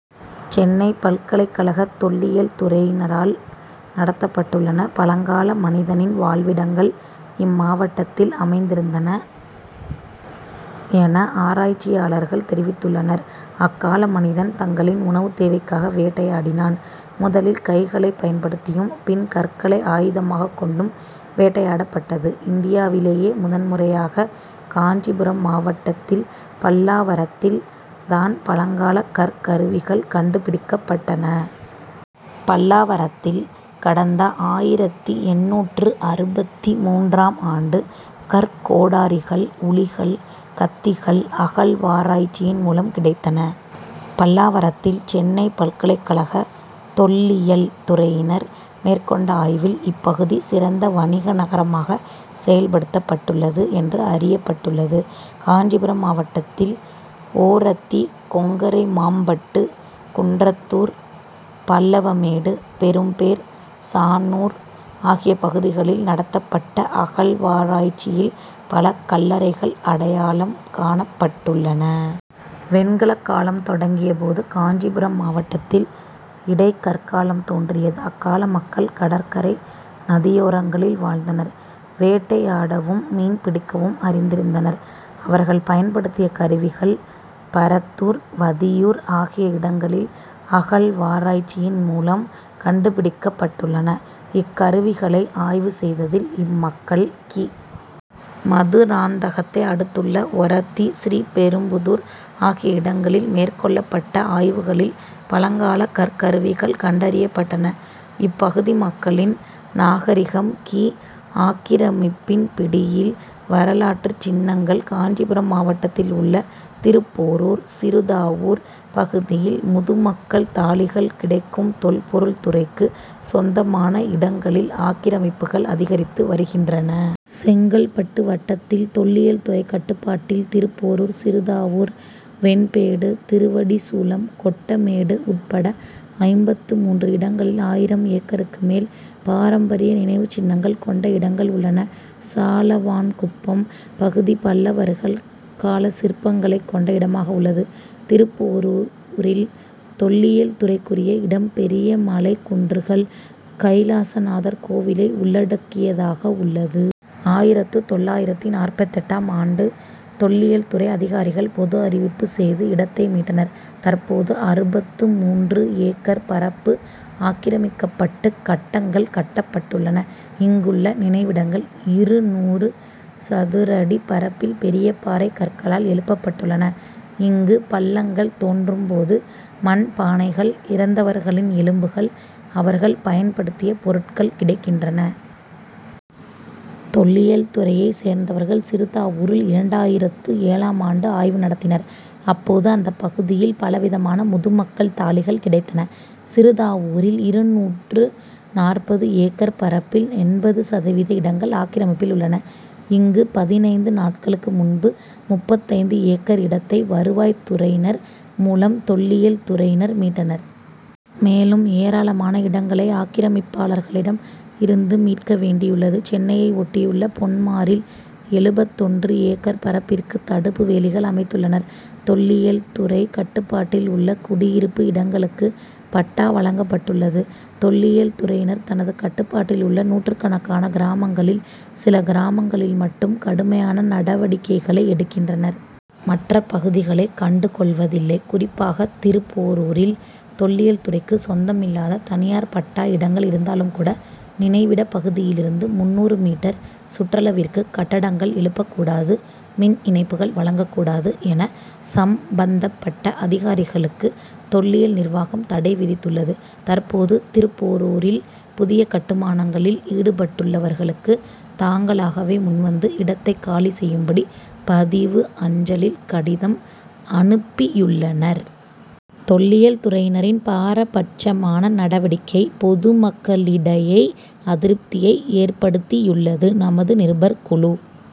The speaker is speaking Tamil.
சென்னை பல்கலைக்கழக தொல்லியல் துறையினரால் நடத்தப்பட்டுள்ளன. பழங்கால மனிதனின் வாழ்விடங்கள் இம்மாவட்டத்தில் அமைந்திருந்தன என ஆராய்ச்சியாளர்கள் தெரிவித்துள்ளனர். அக்கால மனிதன் தங்களின் உணவுத் தேவைக்காக வேட்டையாடினான். முதலில் கைகளை பயன்படுத்தியும், பின் கற்களை ஆயுதமாகக் கொண்டும் வேட்டையாடப்பட்டது. இந்தியாவிலேயே முதன் முறையாக காஞ்சிபுரம் மாவட்டத்தில், பல்லாவரத்தில் தான் பழங்கால கற்கருவிகள் கண்டுபிடிக்கப்பட்டன. பல்லாவரத்தில், கடந்த ஆயிரத்து எண்ணூற்று அறுபத்து மூன்றாம் ஆண்டு கற்கோடாரிகள், உளிகள், கத்திகள் அகழ்வாராய்ச்சியின் மூலம் கிடைத்தன. பல்லாவரத்தில், சென்னை பல்கலைக்கழக தொல்லியல் துறையினர் மேற்கொண்ட ஆய்வில், இப்பகுதி சிறந்த வணிக நகரமாக செயல்படுத்தப்பட்டுள்ளது என்று அறியப்பட்டுள்ளது. காஞ்சிபுரம் மாவட்டத்தில், ஒரத்தி, கொங்கரை மாம்பட்டு, குன்றத்தூர், பல்லவமேடு, பெரும்பேர், சானூர் ஆகிய பகுதிகளில் நடத்தப்பட்ட அகழ்வாராய்ச்சியில் பல கல்லறைகள் அடையாளம் காணப்பட்டுள்ளன. வெண்கலக் காலம் தொடங்கிய போது, காஞ்சிபுரம் மாவட்டத்தில் இடை கற்காலம் தோன்றியது. அக்கால மக்கள் கடற்கரை, நதியோரங்களில் வாழ்ந்தனர். வேட்டையாடவும், மீன் பிடிக்கவும் அறிந்திருந்தனர். அவர்கள் பயன்படுத்திய கருவிகள் பரத்தூர், வதியூர் ஆகிய இடங்களில் அகழ்வாராய்ச்சியின் மூலம் கண்டுபிடிக்கப்பட்டுள்ளன. இக்கருவிகளை ஆய்வு செய்ததில், இம்மக்கள் கி. மதுராந்தகத்தை அடுத்துள்ள ஒரத்தி, ஸ்ரீபெரும்புதூர் ஆகிய இடங்களில் மேற்கொள்ளப்பட்ட ஆய்வுகளில் பழங்கால கற்கருவிகள் கண்டறியப்பட்டன. இப்பகுதி மக்களின் நாகரிகம் கி. ஆக்கிரமிப்பின் பிடியில் வரலாற்று சின்னங்கள்: காஞ்சிபுரம் மாவட்டத்தில் உள்ள திருப்போரூர், சிறுதாவூர் பகுதியில் முதுமக்கள் தாழிகள் கிடைக்கும் தொல்பொருள் துறைக்கு சொந்தமான இடங்களில் ஆக்கிரமிப்புகள் அதிகரித்து வருகின்றன. செங்கல்பட்டு வட்டத்தில் தொல்லியல் துறை கட்டுப்பாட்டில் திருப்போரூர், சிறுதாவூர், வெண்பேடு, திருவடிசூலம், கொட்டமேடு உட்பட ஐம்பத்து மூன்று இடங்களில் ஆயிரம் ஏக்கருக்கு மேல் பாரம்பரிய நினைவுச் சின்னங்கள் கொண்ட இடங்கள் உள்ளன. சாலவான்குப்பம் பகுதி பல்லவர்கள் கால சிற்பங்களைக் கொண்ட இடமாக உள்ளது. திருப்போரூரில் தொல்லியல் துறைக்குரிய இடம் பெரிய மலைக் குன்றுகள், கைலாசநாதர் கோவிலை உள்ளடக்கியதாக உள்ளது. ஆயிரத்து தொள்ளாயிரத்து நாற்பத்தெட்டாம் ஆண்டு தொல்லியல் துறை அதிகாரிகள் பொது அறிவிப்பு செய்து இடத்தை மீட்டனர். தற்போது அறுபத்து மூன்று ஏக்கர் பரப்பு ஆக்கிரமிக்கப்பட்டு கட்டங்கள் கட்டப்பட்டுள்ளன. இங்குள்ள நினைவிடங்கள் இருநூறு சதுரடி பரப்பில் பெரிய பாறை கற்களால் எழுப்பப்பட்டுள்ளன. இங்கு பள்ளங்கள் தோன்றும்போது மண் பானைகள், இறந்தவர்களின் எலும்புகள், அவர்கள் பயன்படுத்திய பொருட்கள் கிடைக்கின்றன. தொல்லியல் துறையைச் சேர்ந்தவர்கள் சிறுதாவூரில் இரண்டாயிரத்து ஏழாம் ஆண்டு ஆய்வு நடத்தினர். அப்போது அந்தப் பகுதியில் பலவிதமான முதுமக்கள் தாழிகள் கிடைத்தன. சிறுதாவூரில் இருநூற்று நாற்பது ஏக்கர் பரப்பில் எண்பது சதவீத இடங்கள் ஆக்கிரமிப்பில் உள்ளன. இங்கு பதினைந்து நாட்களுக்கு முன்பு முப்பத்தைந்து ஏக்கர் இடத்தை வருவாய் துறையினர் மூலம் தொல்லியல் துறையினர் மீட்டனர். மேலும் ஏராளமான இடங்களை ஆக்கிரமிப்பாளர்களிடம் இருந்து மீட்க வேண்டியுள்ளது. சென்னையை ஒட்டியுள்ள பொன்மாரில் எழுபத்தொன்று ஏக்கர் பரப்பிற்கு தடுப்பு வேலிகள் அமைத்துள்ளனர். தொல்லியல் துறை கட்டுப்பாட்டில் உள்ள குடியிருப்பு இடங்களுக்கு பட்டா வழங்கப்பட்டுள்ளது. தொல்லியல் துறையினர் தனது கட்டுப்பாட்டில் உள்ள நூற்றுக்கணக்கான கிராமங்களில் சில கிராமங்களில் மட்டும் கடுமையான நடவடிக்கைகளை எடுக்கின்றனர். மற்ற பகுதிகளை கண்டுகொள்வதில்லை. குறிப்பாக திருப்போரூரில் தொல்லியல் துறைக்கு சொந்தமில்லாத, தனியார் பட்டா இடங்கள் இருந்தாலும் கூட நினைவிடப் பகுதியிலிருந்து முந்நூறு மீட்டர் சுற்றளவிற்கு கட்டடங்கள் எழுப்பக் கூடாது மின் இணைப்புகள் வழங்கக் கூடாது என சம்பந்தப்பட்ட அதிகாரிகளுக்கு தொல்லியல் நிர்வாகம் தடை விதித்துள்ளது. தற்போது திருப்போரூரில் புதிய கட்டுமானங்களில் ஈடுபட்டுள்ளவர்களுக்கு தாங்களாகவே முன்வந்து இடத்தை காலி செய்யும்படி பதிவு அஞ்சலில் கடிதம் அனுப்பியுள்ளனர். தொல்லியல் துறையினரின் பாரபட்சமான நடவடிக்கை, பொதுமக்களிடையை அதிருப்தியை ஏற்படுத்தியுள்ளது. -நமது நிருபர் குழு